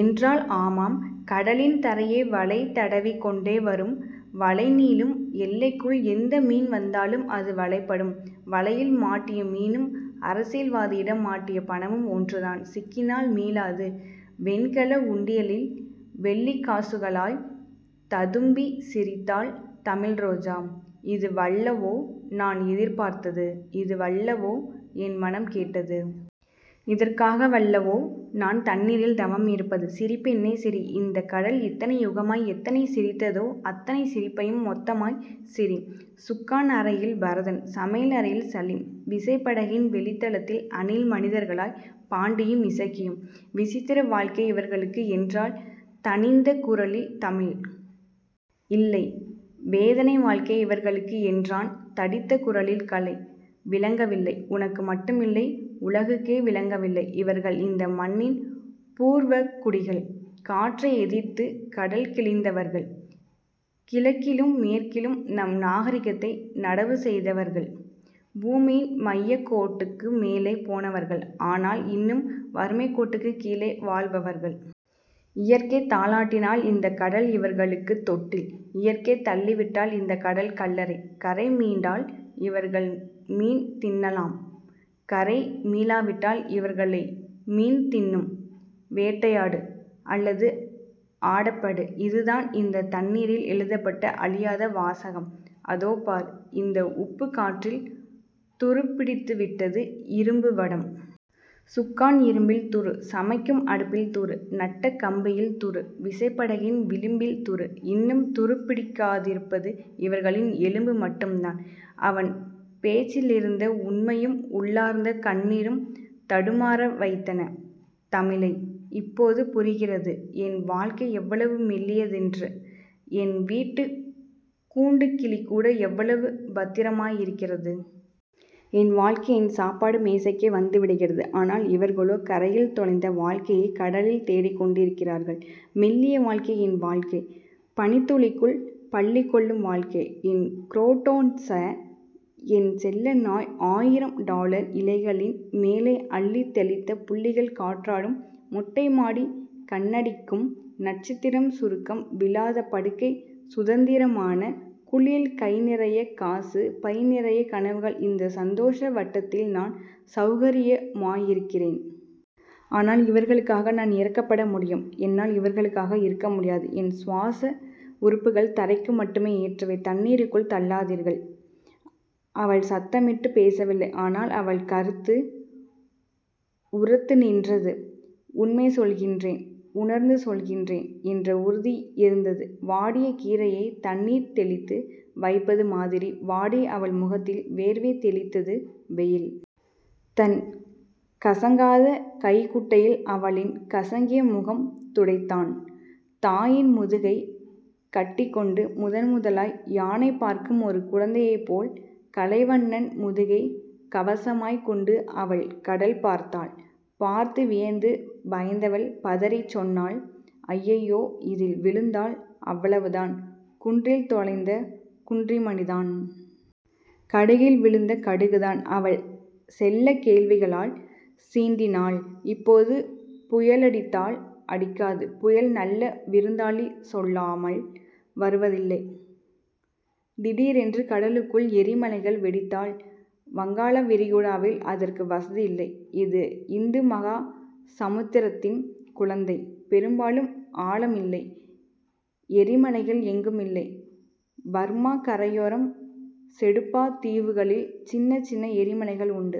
என்றாள் ஆமாம். கடலின் தரையை வலை தடவிக்கொண்டே வரும். வலைநீளும் எல்லைக்குள் எந்த மீன் வந்தாலும் அது வலைப்படும். வலையில் மாட்டிய மீனும் அரசியல்வாதியிடம் மாட்டிய பணமும் ஒன்றுதான். சிக்கினால் மீளாது. வெண்கல உண்டியலில் வெள்ளிக்காசுகளாய்த் ததும்பிச் சிரித்தாள் தமிழ்ரோஜா. இதுவல்லவோ நான் எதிர்பார்த்தது. இதுவல்லவோ என் மனம் கேட்டது. இதற்காகவல்லவோ நான் தண்ணீரில் தவமிருப்பது. சிரி பெண்ணே சிரி. இந்தக் கடல் இத்தனை யுகமாய் எத்தனை சிரித்ததோ அத்தனைச் சிரிப்பையும் மொத்தமாய்ச் சிரி... சுக்கான் அறையில் பரதன். சமையல் அறையில் சலீம். விசைப்படகின் வெளித்தளத்தில் அணில் மனிதர்களாய் பாண்டியும் இசக்கியும். விசித்திர வாழ்க்கை இவர்களுக்கு என்றாள் தணிந்த குரலில் தமிழ். இல்லை. வேதனை வாழ்க்கை இவர்களுக்கு என்றான் தடித்த குரலில் கலை. விளங்கவில்லை. உனக்கு மட்டுமில்லை. உலகுக்கே விளங்கவில்லை. இவர்கள் இந்த மண்ணின் பூர்வகுடிகள். காற்றை எதிர்த்துக் கடல் கிழிந்தவர்கள். கிழக்கிலும் மேற்கிலும் நம் நாகரிகத்தை நடவுசெய்தவர்கள். பூமியின் மையக்கோட்டுக்கு மேலே போனவர்கள். ஆனால் இன்னும் வறுமைக்கோட்டுக்குக் கீழே வாழ்பவர்கள். இயற்கை தாலாட்டினால் இந்தக் கடல் இவர்களுக்குத் தொட்டில். இயற்கை தள்ளிவிட்டால் இந்தக் கடல் கல்லறை. கரை மீண்டால் இவர்கள் மீன்தின்னலாம். கரை மீளாவிட்டால் இவர்களை மீன்தின்னும். வேட்டையாடு. அல்லது ஆடப்படு. இதுதான் இந்தத் தண்ணீரில் எழுதப்பட்ட அழியாத வாசகம். அதோ பார். இந்த உப்புக் காற்றில் துருப்பிடித்துவிட்டது இரும்புவடம். சுக்கான் இரும்பில் துரு. சமைக்கும் அடுப்பில் துரு. நட்ட கம்பியில் துரு. விசைப்படகின் விளிம்பில் துரு. இன்னும் துருப்பிடிக்காதிருப்பது இவர்களின் எலும்பு மட்டும்தான். அவன் பேச்சிலிருந்த உண்மையும் உள்ளார்ந்த கண்ணீரும் தடுமாறவைத்தன தமிழை. இப்போது புரிகிறது. என் வாழ்க்கை எவ்வளவு மெல்லியதென்று. என் வீட்டுக் கூண்டுக்கிளிகூட எவ்வளவு பத்திரமாயிருக்கிறது? என் வாழ்க்கை என் சாப்பாட்டு மேஜைக்கே வந்துவிடுகிறது. ஆனால், இவர்களோ கரையில் தொலைத்த வாழ்க்கையைக் கடலில் தேடிக் கொண்டிருக்கிறார்கள். மெல்லிய வாழ்க்கை என் வாழ்க்கை. பனித் துளிக்குள் பள்ளிகொள்ளும் வாழ்க்கை. என் குரோட்டன்ஸ என் செல்ல நாய் ஆயிரம் டாலர் இலைகளின் மேலே அள்ளித் தெளித்த புள்ளிகள் காற்றாடும் மொட்டைமாடி கண்ணடிக்கும் நட்சத்திரம் சுருக்கம் விழாத படுக்கை சுதந்திரமான குளியல் கைநிறையக்காசு பைநிறையக் கனவுகள் இந்த சந்தோஷவட்டத்தில் நான் செளகரியமாயிருக்கிறேன். ஆனால், இவர்களுக்காக நான் இரக்கப்பட முடியும். என்னால் இவர்களுக்காக இருக்க முடியாது. என் சுவாச உறுப்புகள் தரைக்கு மட்டுமே ஏற்றவை. தண்ணீருக்குள் தள்ளாதீர்கள். அவள் சத்தமிட்டுப் பேசவில்லை. ஆனால் அவள் கருத்து உரத்துநின்றது. உண்மை சொல்கிறேன் உணர்ந்து சொல்கிறேன் என்ற உறுதி இருந்தது. வாடிய கீரையைத் தண்ணீர்தெளித்து வைப்பது மாதிரி வாடிய அவள் முகத்தில் வேர்வை தெளித்தது வெயில். தன் கசங்காத கைக்குட்டையில் அவளின் கசங்கிய முகம்துடைத்தான். தாயின் முதுகைக் கட்டிக் கொண்டு முதன்முதலாய் யானைபார்க்கும் ஒரு குழந்தையைப் போல் கலைவண்ணன் முதுகைக் கவசமாய்க் கொண்டு அவள் கடல்பார்த்தாள். பார்த்து வியந்து பயந்தவள் பதறிச் சொன்னாள். அய்யய்யோ. இதில் விழுந்தால்? அவ்வளவுதான். குன்றில் தொலைந்த குன்றிமணிதான். கடலில் விழுந்த கடுகுதான்... அவள் செல்லக் கேள்விகளால் சீண்டினாள். இப்போது புயலடித்தால்? அடிக்காது. புயல் நல்ல விருந்தாளி. சொல்லாமல் வருவதில்லை... திடீரென்று கடலுக்குள் எரிமலைகள் வெடித்தால்? வங்காளவிரிகுடாவில் அதற்கு வசதி இல்லை. இது இந்துமகாசமுத்திரத்தின் குழந்தை. பெரும்பாலும் ஆழமில்லை. எரிமலைகள் எங்குமில்லை. பர்மாக் கரையோரம் செடுபா தீவுகளில் சின்னச் சின்ன எரிமலைகள் உண்டு.